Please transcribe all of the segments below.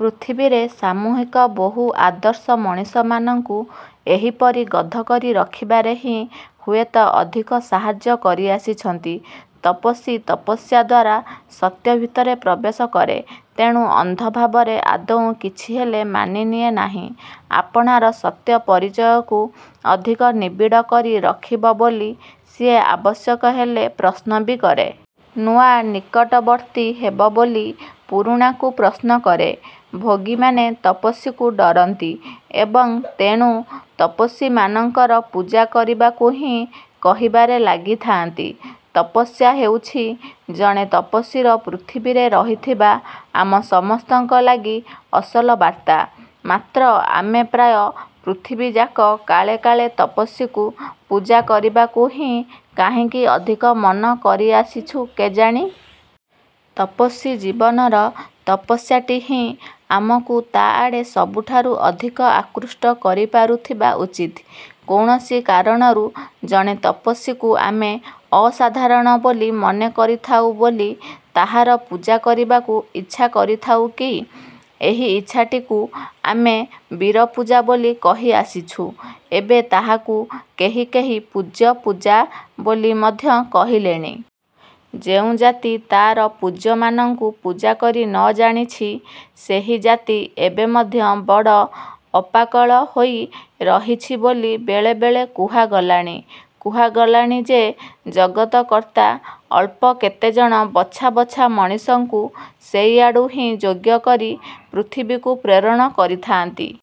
ପୃଥିବୀରେ ସାମୂହିକ ବହୁ ଆଦର୍ଶ ମଣିଷମାନଙ୍କୁ ଏହିପରି ଗଧ କରି ରଖିବାରେ ହିଁ ହୁଏତ ଅଧିକ ସାହାଯ୍ୟ କରି ଆସିଛନ୍ତି। ତପସ୍ୱୀ ତପସ୍ୟା ଦ୍ୱାରା ସତ୍ୟ ଭିତରେ ପ୍ରବେଶ କରେ। ତେଣୁ ଅନ୍ଧ ଭାବରେ ଆଦୌ କିଛିହେଲେ ମାନି ନିଏ ନାହିଁ। ଆପଣାର ସତ୍ୟ ପରିଚୟକୁ ଅଧିକ ନିବିଡ଼ କରି ରଖିବ ବୋଲି ସିଏ ଆବଶ୍ୟକ ହେଲେ ପ୍ରଶ୍ନ ବି କରେ। ନୂଆ ନିକଟବର୍ତ୍ତୀ ହେବ ବୋଲି ପୁରୁଣାକୁ ପ୍ରଶ୍ନ କରେ। ଭୋଗୀମାନେ ତପସ୍ୱୀକୁ ଡ଼ରନ୍ତି ଏବଂ ତେଣୁ ତପସ୍ୱୀମାନଙ୍କର ପୂଜା କରିବାକୁ ହିଁ କହିବାରେ ଲାଗିଥାନ୍ତି। ତପସ୍ୟା ହେଉଛି ଜଣେ ତପସ୍ୱୀର ପୃଥିବୀରେ ରହିଥିବା ଆମ ସମସ୍ତଙ୍କ ଲାଗି ଅସଲ ବାର୍ତ୍ତା। ମାତ୍ର ଆମେ ପ୍ରାୟ ପୃଥିବୀଯାକ କାଳେ କାଳେ ତପସ୍ୱୀକୁ ପୂଜା କରିବାକୁ ହିଁ କାହିଁକି ଅଧିକ ମନ କରିଆସିଛୁ କେଜାଣି? ତପସ୍ୱୀ ଜୀବନର ତପସ୍ୟାଟି ହିଁ ଆମକୁ ତା ଆଡ଼େ ସବୁଠାରୁ ଅଧିକ ଆକୃଷ୍ଟ କରି ପାରୁଥିବା ଉଚିତ। କୌଣସି କାରଣରୁ ଜଣେ ତପସ୍ୱୀକୁ ଆମେ ଅସାଧାରଣ ବୋଲି ମନେ କରିଥାଉ ବୋଲି ତାହାର ପୂଜା କରିବାକୁ ଇଚ୍ଛା କରିଥାଉ କି? ଏହି ଇଚ୍ଛାଟିକୁ ଆମେ ବୀରପୂଜା ବୋଲି କହି ଆସିଛୁ, ଏବେ ତାହାକୁ କେହି କେହି ପୂଜ୍ୟପୂଜା ବୋଲି ମଧ୍ୟ କହିଲେଣି। ଯେଉଁ ଜାତି ତାର ପୂଜ୍ୟମାନଙ୍କୁ ପୂଜା କରି ନଜାଣିଛି, ସେହି ଜାତି ଏବେ ମଧ୍ୟ ବଡ଼ ଅପାକଳ ହୋଇ ରହିଛି ବୋଲି ବେଳେବେଳେ କୁହାଗଲାଣି। କୁହାଗଲାଣି ଯେ ଜଗତକର୍ତ୍ତା ଅଳ୍ପ କେତେଜଣ ବଛା ବଛା ମଣିଷଙ୍କୁ ସେଇଆଡୁ ହିଁ ଯୋଗ୍ୟ କରି ପୃଥିବୀକୁ ପ୍ରେରଣ କରିଥାଆନ୍ତି ।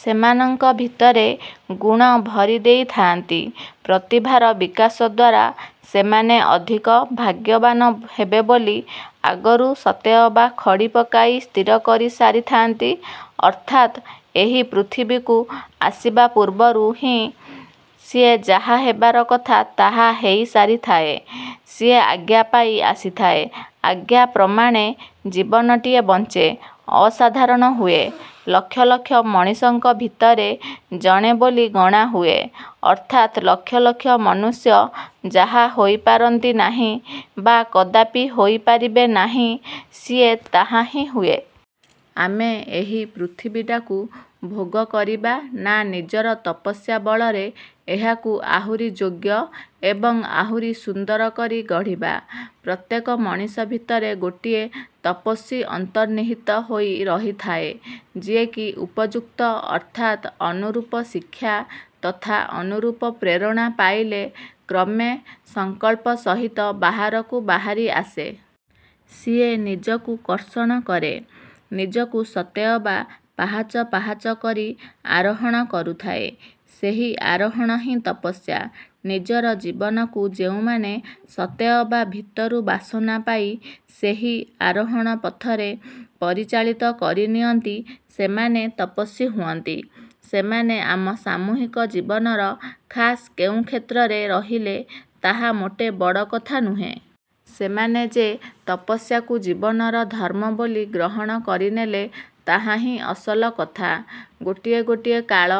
ସେମାନଙ୍କ ଭିତରେ ଗୁଣ ଭରି ଦେଇଥାଆନ୍ତି, ପ୍ରତିଭାର ବିକାଶ ଦ୍ଵାରା ସେମାନେ ଅଧିକ ଭାଗ୍ୟବାନ ହେବେ ବୋଲି ଆଗରୁ ସତେଅବା ଖଡ଼ି ପକାଇ ସ୍ଥିର କରି ସାରିଥାନ୍ତି। ଅର୍ଥାତ୍ ଏହି ପୃଥିବୀକୁ ଆସିବା ପୂର୍ବରୁ ହିଁ ସିଏ ଯାହା ହେବାର କଥା, ତାହା ହୋଇସାରିଥାଏ। ସିଏ ଆଜ୍ଞା ପାଇ ଆସିଥାଏ, ଆଜ୍ଞା ପ୍ରମାଣେ ଜୀବନଟିଏ ବଞ୍ଚେ, ଅସାଧାରଣ ହୁଏ, ଲକ୍ଷ ଲକ୍ଷ ମଣିଷଙ୍କ ଭିତରେ ଜଣେ ବୋଲି ଗଣାହୁଏ ଅର୍ଥାତ୍ ଲକ୍ଷ ଲକ୍ଷ ମନୁଷ୍ୟ ଯାହା ହୋଇପାରନ୍ତି ନାହିଁ ବା କଦାପି ହୋଇପାରିବେ ନାହିଁ, ସିଏ ତାହା ହିଁ ହୁଏ। ଆମେ ଏହି ପୃଥିବୀଟାକୁ ଭୋଗ କରିବା ନା ନିଜର ତପସ୍ୟା ବଳରେ ଏହାକୁ ଆହୁରି ଯୋଗ୍ୟ ଏବଂ ଆହୁରି ସୁନ୍ଦର କରି ଗଢ଼ିବା? ପ୍ରତ୍ୟେକ ମଣିଷ ଭିତରେ ଗୋଟିଏ ତପସ୍ଵୀ ଅନ୍ତର୍ନିହିତ ହୋଇ ରହିଥାଏ, ଯିଏକି ଉପଯୁକ୍ତ ଅର୍ଥାତ୍ ଅନୁରୂପ ଶିକ୍ଷା ତଥା ଅନୁରୂପ ପ୍ରେରଣା ପାଇଲେ କ୍ରମେ ସଂକଳ୍ପ ସହିତ ବାହାରକୁ ବାହାରି ଆସେ। ସିଏ ନିଜକୁ କର୍ଷଣ କରେ। ନିଜକୁ ସତେ ଅବା ପାହାଚ ପାହାଚ କରି ଆରୋହଣ କରୁଥାଏ। ସେହି ଆରୋହଣ ହିଁ ତପସ୍ୟା। ନିଜର ଜୀବନକୁ ଯେଉଁମାନେ ସତେ ଅବା ଭିତରୁ ବାସନା ପାଇ ସେହି ଆରୋହଣ ପଥରେ ପରିଚାଳିତ କରିନିଅନ୍ତି, ସେମାନେ ତପସ୍ୱୀ ହୁଅନ୍ତି। ସେମାନେ ଆମ ସାମୂହିକ ଜୀବନର ଖାସ୍ କେଉଁ କ୍ଷେତ୍ରରେ ରହିଲେ ତାହା ମୋଟେ ବଡ଼ କଥା ନୁହେଁ। ସେମାନେ ଯେ ତପସ୍ୟାକୁ ଜୀବନର ଧର୍ମ ବୋଲି ଗ୍ରହଣ କରିନେଲେ ତାହା ହିଁ ଅସଲ କଥା। ଗୋଟିଏ ଗୋଟିଏ କାଳ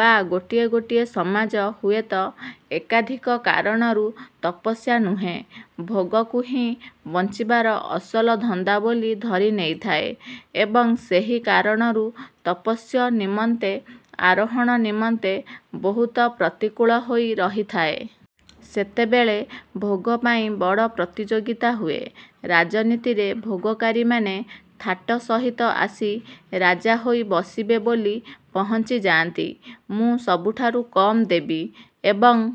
ବା ଗୋଟିଏ ଗୋଟିଏ ସମାଜ ହୁଏତ ଏକାଧିକ କାରଣରୁ ତପସ୍ୟା ନୁହେଁ, ଭୋଗକୁ ହିଁ ବଞ୍ଚିବାର ଅସଲ ଧନ୍ଦା ବୋଲି ଧରି ନେଇଥାଏ ଏବଂ ସେହି କାରଣରୁ ତପସ୍ୟ ନିମନ୍ତେ ଆରୋହଣ ନିମନ୍ତେ ବହୁତ ପ୍ରତିକୂଳ ହୋଇ ରହିଥାଏ। ସେତେବେଳେ ଭୋଗ ପାଇଁ ବଡ଼ ପ୍ରତିଯୋଗିତା ହୁଏ। ରାଜନୀତିରେ ଭୋଗକାରୀମାନେ ଥାଟ ସହିତ ଆସି ରାଜା ହୋଇ ବସିବେ ବୋଲି ପହଞ୍ଚି ଯାଆନ୍ତି। ମୁଁ ସବୁଠାରୁ କମ୍ ଦେବି ଏବଂ